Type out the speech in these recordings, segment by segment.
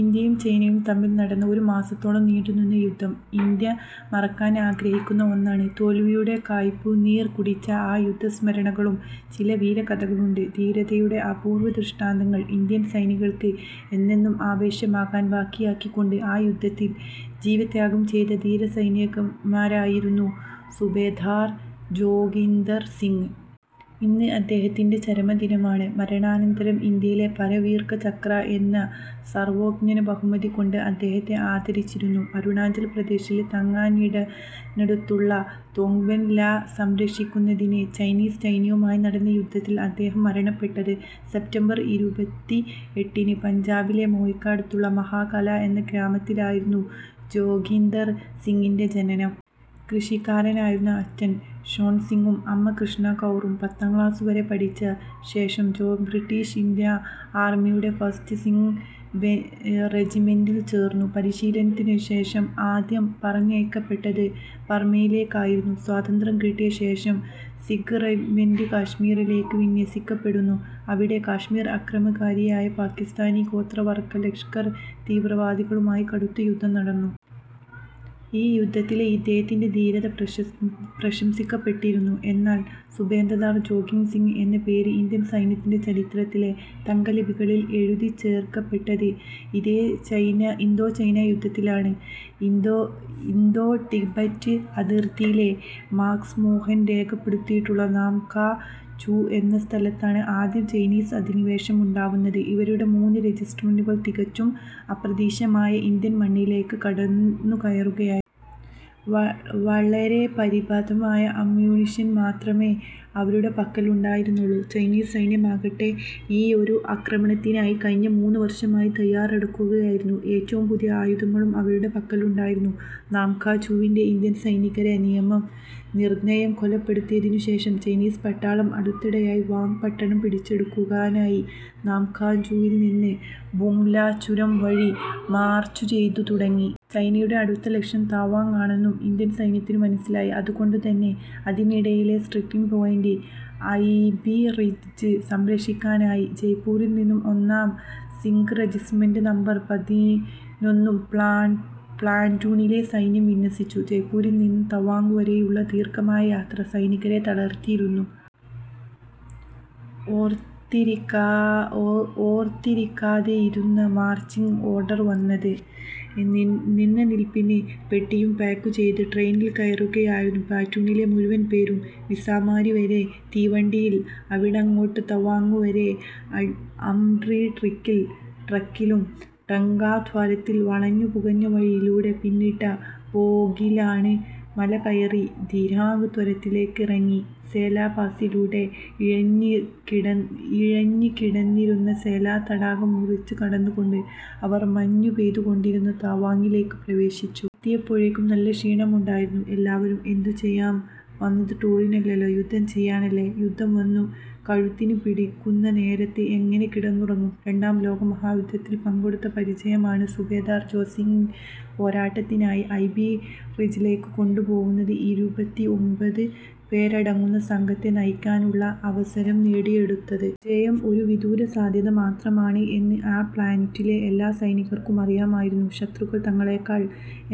ഇന്ത്യയും ചൈനയും തമ്മിൽ നടന്ന ഒരു മാസത്തോളം നീണ്ടുനിന്ന യുദ്ധം ഇന്ത്യ മറക്കാൻ ആഗ്രഹിക്കുന്ന ഒന്നാണ്. തോൽവിയുടെ കയ്പുനീർ കുടിച്ച ആ യുദ്ധസ്മരണകളിലും, ചില വീരകഥകളുണ്ട്. ധീരതയുടെ അപൂർവദൃഷ്ടാന്തങ്ങൾ ഇന്ത്യൻ സൈനികർക്ക് എന്നെന്നും ആവേശമാകാൻ ബാക്കിയാക്കികൊണ്ട് ആ യുദ്ധത്തിൽ ജീവത്യാഗം ചെയ്ത ധീരസൈനികനായിരുന്നു സുബേദാർ ജോഗീന്ദർ സിംഗ്. ഇന്ന് അദ്ദേഹത്തിന്റെ ചരമദിനമാണ്. മരണാനന്തരം ഇന്ത്യ പരംവീർചക്ര എന്ന സർവോത്തമബഹുമതികൊണ്ട് അദ്ദേഹത്തെ ആദരിച്ചിരുന്നു. അരുണാചൽ പ്രദേശിലെ തവാങ്ങിനടുത്തുള്ള തോങ്പെൻ ലാ സംരക്ഷിക്കുന്നതിനിടെ ചൈനീസ് സൈന്യവുമായി നടന്ന യുദ്ധത്തിലാണ് അദ്ദേഹം മരണപ്പെട്ടത്. സെപ്റ്റംബർ ഇരുപത്തിഎട്ടിന് പഞ്ചാബിലെ മോഗയ്ക്കടുത്തുള്ള മഹ്ലാ കാലൻ എന്ന ഗ്രാമത്തിലായിരുന്നു ജോഗീന്ദർ സിംഗിന്റെ ജനനം. കൃഷിക്കാരായിരുന്നു അച്ഛൻ ഷേർസിംഗും അമ്മ കൃഷ്ണ കൗറും. പത്താം ക്ലാസ് വരെ പഠിച്ച ശേഷം ജോഗീന്ദർ ബ്രിട്ടീഷ് ഇന്ത്യൻ ആർമിയുടെ ഫസ്റ്റ് സിഖ് റെജിമെന്റിൽ ചേർന്നു. പരിശീലനത്തിന് ശേഷം ആദ്യം പറഞ്ഞയക്കപ്പെട്ടത് ബർമയിലേക്കായിരുന്നു. സ്വാതന്ത്ര്യം കിട്ടിയ ശേഷം സിഖ് റജിമെന്റ് കാശ്മീരിലേക്ക് വിന്യസിക്കപ്പെടുന്നു. അവിടെ കശ്മീർ അക്രമിക്കാനെത്തിയ പാകിസ്താനി ഗോത്രവർഗ ലഷ്കർ തീവ്രവാദികളുമായി കടുത്ത യുദ്ധം നടന്നു. ഈ യുദ്ധത്തിലെ അദ്ദേഹത്തിന്റെ ധീരത പ്രശംസിക്കപ്പെട്ടിരുന്നു. എന്നാൽ സുബേദാർ ജോഗീന്ദർ സിംഗ് എന്ന പേര് ഇന്ത്യൻ സൈന്യത്തിന്റെ ചരിത്രത്തിൽ തങ്കലിപികളിൽ എഴുതിച്ചേർക്കപ്പെട്ടത് ഇന്തോ ചൈനാ യുദ്ധത്തിലാണ്. ഇന്തോ ടിബറ്റ് അതിർത്തിയിലെ മാക്മോഹൻ രേഖയ്ക്കടുത്തുള്ള നാംകാ ചു എന്ന സ്ഥലത്താണ് ആദ്യം ചൈനീസ് അധിനിവേശമുണ്ടാകുന്നത്. അവരുടെ മൂന്നു റജിമെന്റുകൾ തികച്ചും അപ്രതീക്ഷിതമായി ഇന്ത്യൻ മണ്ണിലേക്ക് കടന്നുകയറുന്നു. വളരെ പരിമിതമായ അമ്യൂണിഷൻ മാത്രമേ അവരുടെ പക്കൽ ഉണ്ടായിരുന്നുള്ളൂ. ചൈനീസ് സൈന്യമാകട്ടെ, ഈയൊരു ആക്രമണത്തിനായി കഴിഞ്ഞ മൂന്നു വർഷമായി തയ്യാറെടുക്കുകയായിരുന്നു. ഏറ്റവും പുതിയ ആയുധങ്ങളും അവരുടെ പക്കലുണ്ടായിരുന്നു. നാംകാചുവിലെ ഇന്ത്യൻ സൈനികരെ നിർദ്ദയം കൊന്നൊടുക്കിയ ശേഷം ചൈനീസ് പട്ടാളം അടുത്തതായി വാങ്ങ് പട്ടണം പിടിച്ചെടുക്കാനായി നാംകാചുവിൽ നിന്ന് ബുംല ചുരം വഴി മാർച്ചുചെയ്തു തുടങ്ങി. ചൈനയുടെ അടുത്ത ലക്ഷ്യം തവാങ്ങ് ആണെന്ന് ഇന്ത്യൻ സൈന്യത്തിന് മനസ്സിലായി. അതുകൊണ്ട് അതിനിടയിലെ സ്ട്രാറ്റജിക് പോയന്റായ ഐബി റിഡ്ജ് സംരക്ഷിക്കാനായി ജയ്പൂരിൽ നിന്ന് ഒന്നാം സിഖ് റജിമെന്റിന്റെ നമ്പർ പതിനൊന്ന് പ്ലാറ്റൂണിനെ സൈന്യം വിന്യസിച്ചു. ജയ്പ്പൂരിൽ നിന്ന് തവാങ് വരെയുള്ള ദീർഘമായ യാത്ര സൈനികരെ തളർത്തിയിരുന്നു. ഓർത്തിരിക്കാതെയായിരുന്നു മാർച്ചിങ് ഓർഡർ വന്നത്. നിന്നനിൽപ്പിന് പെട്ടിയും പാക്കുചെയ്തുകൊണ്ട് ട്രെയിനിൽ കയറുകയായിരുന്നു പ്ലാറ്റൂണിലെ മുഴുവൻ പേരും. മിസ്സാമാരി വരെ തീവണ്ടിയിൽ. അവിടന്നങ്ങോട്ട് തവാങ്ങ് വരെ ആർമി ട്രക്കിൽ. ടെംഗാ താഴ്വരയിലെ വളഞ്ഞുപുളഞ്ഞ വഴികൾ പിന്നിട്ട്, ബോംഡിലാ മലകയറി, ധിരാങ്ങ് താഴ്വരയിലേക്ക് ഇറങ്ങി, സേലാ പാസിലൂടെ, ഉറഞ്ഞുകിടന്നിരുന്ന സേലാ തടാകം മുറിച്ചുകടന്നുകൊണ്ട്, അവർ മഞ്ഞുപെയ്തുകൊണ്ടിരുന്ന തവാങിലേക്ക് പ്രവേശിച്ചു. എത്തിയപ്പോഴേക്കും നല്ല ക്ഷീണമുണ്ടായിരുന്നു എല്ലാവർക്കും. എന്തുചെയ്യാം വന്നത് ടൂറിനല്ലല്ലോ, യുദ്ധം ചെയ്യാനല്ലേ? യുദ്ധം വന്നു കഴുത്തിന് പിടിക്കുന്ന നേരത്ത് എങ്ങനെ കിടന്നുറങ്ങും? രണ്ടാം ലോകമഹായുദ്ധത്തിൽ പങ്കെടുത്ത പരിചയമാണ്, സുബേദാർ ജോഗീന്ദർ സിംഗിന് പോരാട്ടത്തിനായി ഐബി റിഡ്ജിലേക്ക് പോകേണ്ടുന്ന ഇരുപത്തിഒമ്പത് പേരടങ്ങുന്ന സംഘത്തെ നയിക്കാനുള്ള അവസരം നേടിക്കൊടുത്തത്. ജയമെന്നത് ഒരു വിദൂരസാധ്യത മാത്രമാണ് എന്ന് ആ പ്ലാറ്റൂണിലെ എല്ലാ സൈനികർക്കും അറിയാമായിരുന്നു. ശത്രുക്കൾ തങ്ങളേക്കാൾ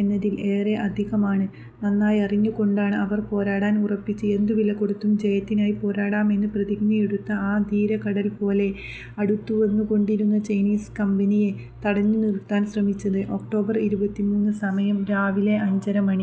എന്നതിൽ ഏറെ അധികമാണെന്ന് നന്നായറിഞ്ഞുകൊണ്ടുതന്നെയാണ് അവർ പോരാടാൻ ഉറച്ചത്. ' എന്ത് വിലകൊടുത്തും ജയത്തിനായി പോരാടും ' എന്ന് പ്രതിജ്ഞയെടുത്താണ് ആ ധീരർ കടൽ പോലെ അടുത്തുവന്നുകൊണ്ടിരുന്ന ചൈനീസ് കമ്പനിയെ തടുത്തു നിർത്താൻ ശ്രമിച്ചത്. ഒക്ടോബർ ഇരുപത്തിമൂന്ന് സമയം രാവിലെ അഞ്ചരമണി.